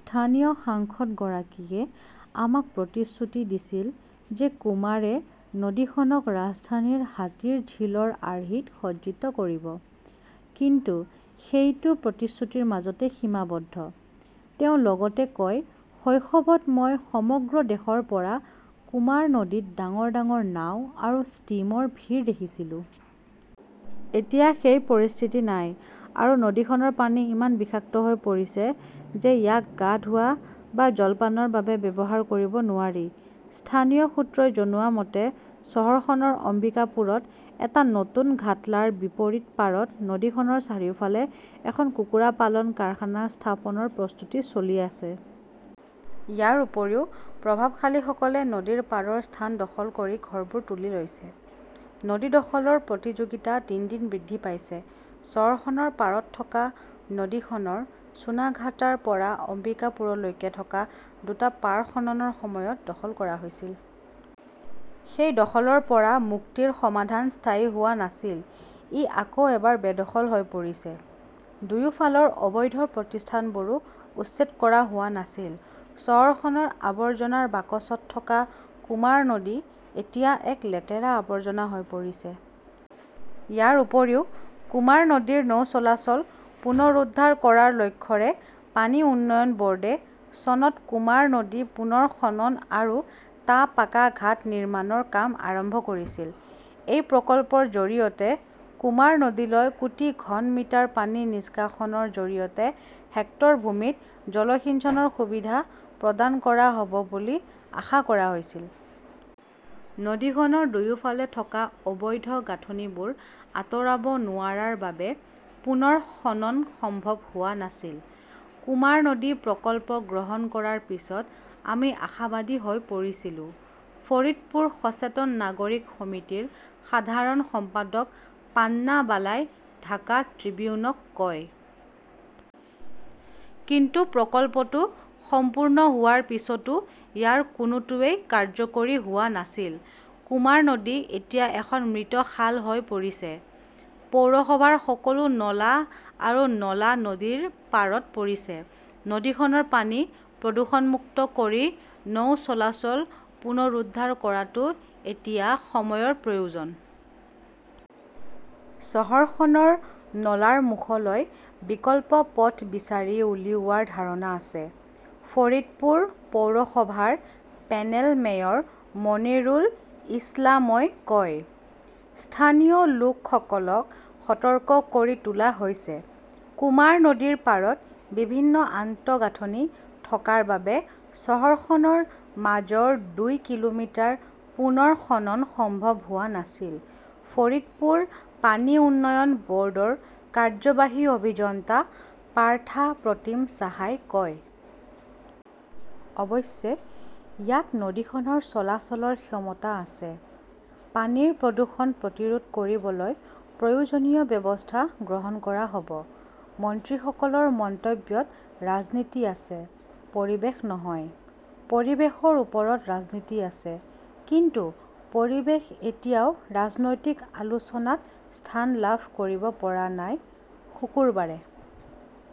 "স্থানীয় সাংসদগৰাকীয়ে আমাক প্ৰতিশ্ৰুতি দিছিল যে কুমাৰে নদীখনক ৰাজধানীৰ হাতীৰঝিলৰ আৰ্হিত সজ্জিত কৰিব। কিন্তু সেইটো প্ৰতিশ্ৰুতিৰ মাজতে সীমাবদ্ধ। "তেওঁ লগতে কয়", শৈশৱত, মই সমগ্ৰ দেশৰ পৰা কুমাৰ নদীত ডাঙৰ ডাঙৰ নাও আৰু ষ্টীমৰ ভিৰ দেখিছিলোঁ। এতিয়া সেই পৰিস্থিতি নাই। আৰু নদীখনৰ পানী ইমান বিষাক্ত হৈ পৰিছে যে ইয়াক গা ধোৱা বা জলপানৰ বাবে ব্যৱহাৰ কৰিব নোৱাৰি। "স্থানীয় সূত্ৰই জনোৱা মতে, চহৰখনৰ অম্বিকাপুৰত এটা নতুন ঘাটলাৰ বিপৰীত পাৰত নদীখনৰ চাৰিওফালে এখন কুকুৰা পালন কাৰখানা স্থাপনৰ প্ৰস্তুতি চলি আছে। ইয়াৰ উপৰিও, প্ৰভাৱশালীসকলে নদীৰ পাৰৰ স্থান দখল কৰি ঘৰবোৰ তুলি লৈছে। নদী দখলৰ প্ৰতিযোগিতা দিন দিন বৃদ্ধি পাইছে। চহৰখনৰ পাৰত থকা নদীখনৰ চুনাঘাটাৰ পৰা অম্বিকাপুৰলৈকে থকা দুটা পাৰ খননৰ সময়ত দখল কৰা হৈছিল। সেই দখলৰ পৰা মুক্তিৰ সমাধান স্থায়ী হোৱা নাছিল। ই আকৌ এবাৰ বেদখল হৈ পৰিছে। দুয়োফালৰ অবৈধ প্ৰতিষ্ঠানবোৰো উচ্ছেদ কৰা হোৱা নাছিল। চহৰখনৰ আৱৰ্জনাৰ বাকচত থকা কুমাৰ নদী এতিয়া এক লেতেৰা আৱৰ্জনা হৈ পৰিছে। ইয়াৰ উপৰিও, কুমাৰ নদীৰ নৌ চলাচল পুনৰুদ্ধাৰ কৰাৰ লক্ষ্যৰে পানী উন্নয়ন বোৰ্ডে চনত কুমাৰ নদী পুনৰ খনন আৰু টা পাকা ঘাট নিৰ্মাণৰ কাম আৰম্ভ কৰিছিল। এই প্ৰকল্পৰ জৰিয়তে কুমাৰ নদীলৈ কোটি ঘন মিটাৰ পানী নিষ্কাশনৰ জৰিয়তে হেক্টৰ ভূমিত জলসিঞ্চনৰ সুবিধা প্ৰদান কৰা হ "ব বুলি আশা কৰা হৈছিল। নদীখনৰ দুয়োফালে থকা অবৈধ গাঁথনিবোৰ আঁতৰাব নোৱাৰাৰ বাবে পুনৰ খনন সম্ভৱ হোৱা নাছিল। "কুমাৰ নদী প্ৰকল্প গ্ৰহণ কৰাৰ পিছত আমি আশাবাদী হৈ পৰিছিলো", ফৰিদপুৰ সচেতন নাগৰিক সমিতিৰ সাধাৰণ সম্পাদক পান্না বালাই ঢাকা ট্ৰিবিউনক কয়। কিন্তু প্ৰকল্পটো সম্পূৰ্ণ হোৱাৰ পিছতো ইয়াৰ কোনোটোৱেই কাৰ্যকৰী হোৱা নাছিল। কুমাৰ নদী এতিয়া এখন মৃত খাল হৈ পৰিছে। পৌৰসভাৰ সকলো নলা আৰু নলা নদীৰ পাৰত পৰিছে। নদীখনৰ পানী প্ৰদূষণমুক্ত কৰি নৌ চলাচল পুনৰুদ্ধাৰ কৰাটো এতিয়া সময়ৰ প্ৰয়োজন। "চহৰখনৰ নলাৰ মুখলৈ বিকল্প পথ বিচাৰি উলিওৱাৰ ধাৰণা আছে", ফৰিদপুৰ পৌৰসভাৰ পেনেল মেয়ৰ মনিৰুল ইছলামই কয়। স্থানীয় লোকসকলক সতৰ্ক কৰি তোলা হৈছে। "কুমাৰ নদীৰ পাৰত বিভিন্ন আন্তঃগাঁথনি থকাৰ বাবে চহৰখনৰ মাজৰ দুই কিলোমিটাৰ পুনৰ খনন সম্ভৱ হোৱা নাছিল", ফৰিদপুৰ পানী উন্নয়ন ব "ৰ্ডৰ কাৰ্যবাহী অভিযন্তা পাৰ্থা প্ৰতিম সাহাই কয়। অৱশ্যে, ইয়াত নদীখনৰ চলাচলৰ ক্ষমতা আছে। পানীৰ প্ৰদূষণ প্ৰতিৰোধ কৰিবলৈ প্ৰয়োজনীয় ব্যৱস্থা গ্ৰহণ কৰা হ "ব। "। "মন্ত্ৰীসকলৰ মন্তব্যত ৰাজনীতি আছে, পৰিৱেশ নহয়! "। পৰিৱেশৰ ওপৰত ৰাজনীতি আছে। কিন্তু পৰিৱেশ এতিয়াও ৰাজনৈতিক আলোচনাত স্থান লাভ কৰিব পৰা নাই। শুকুৰবাৰে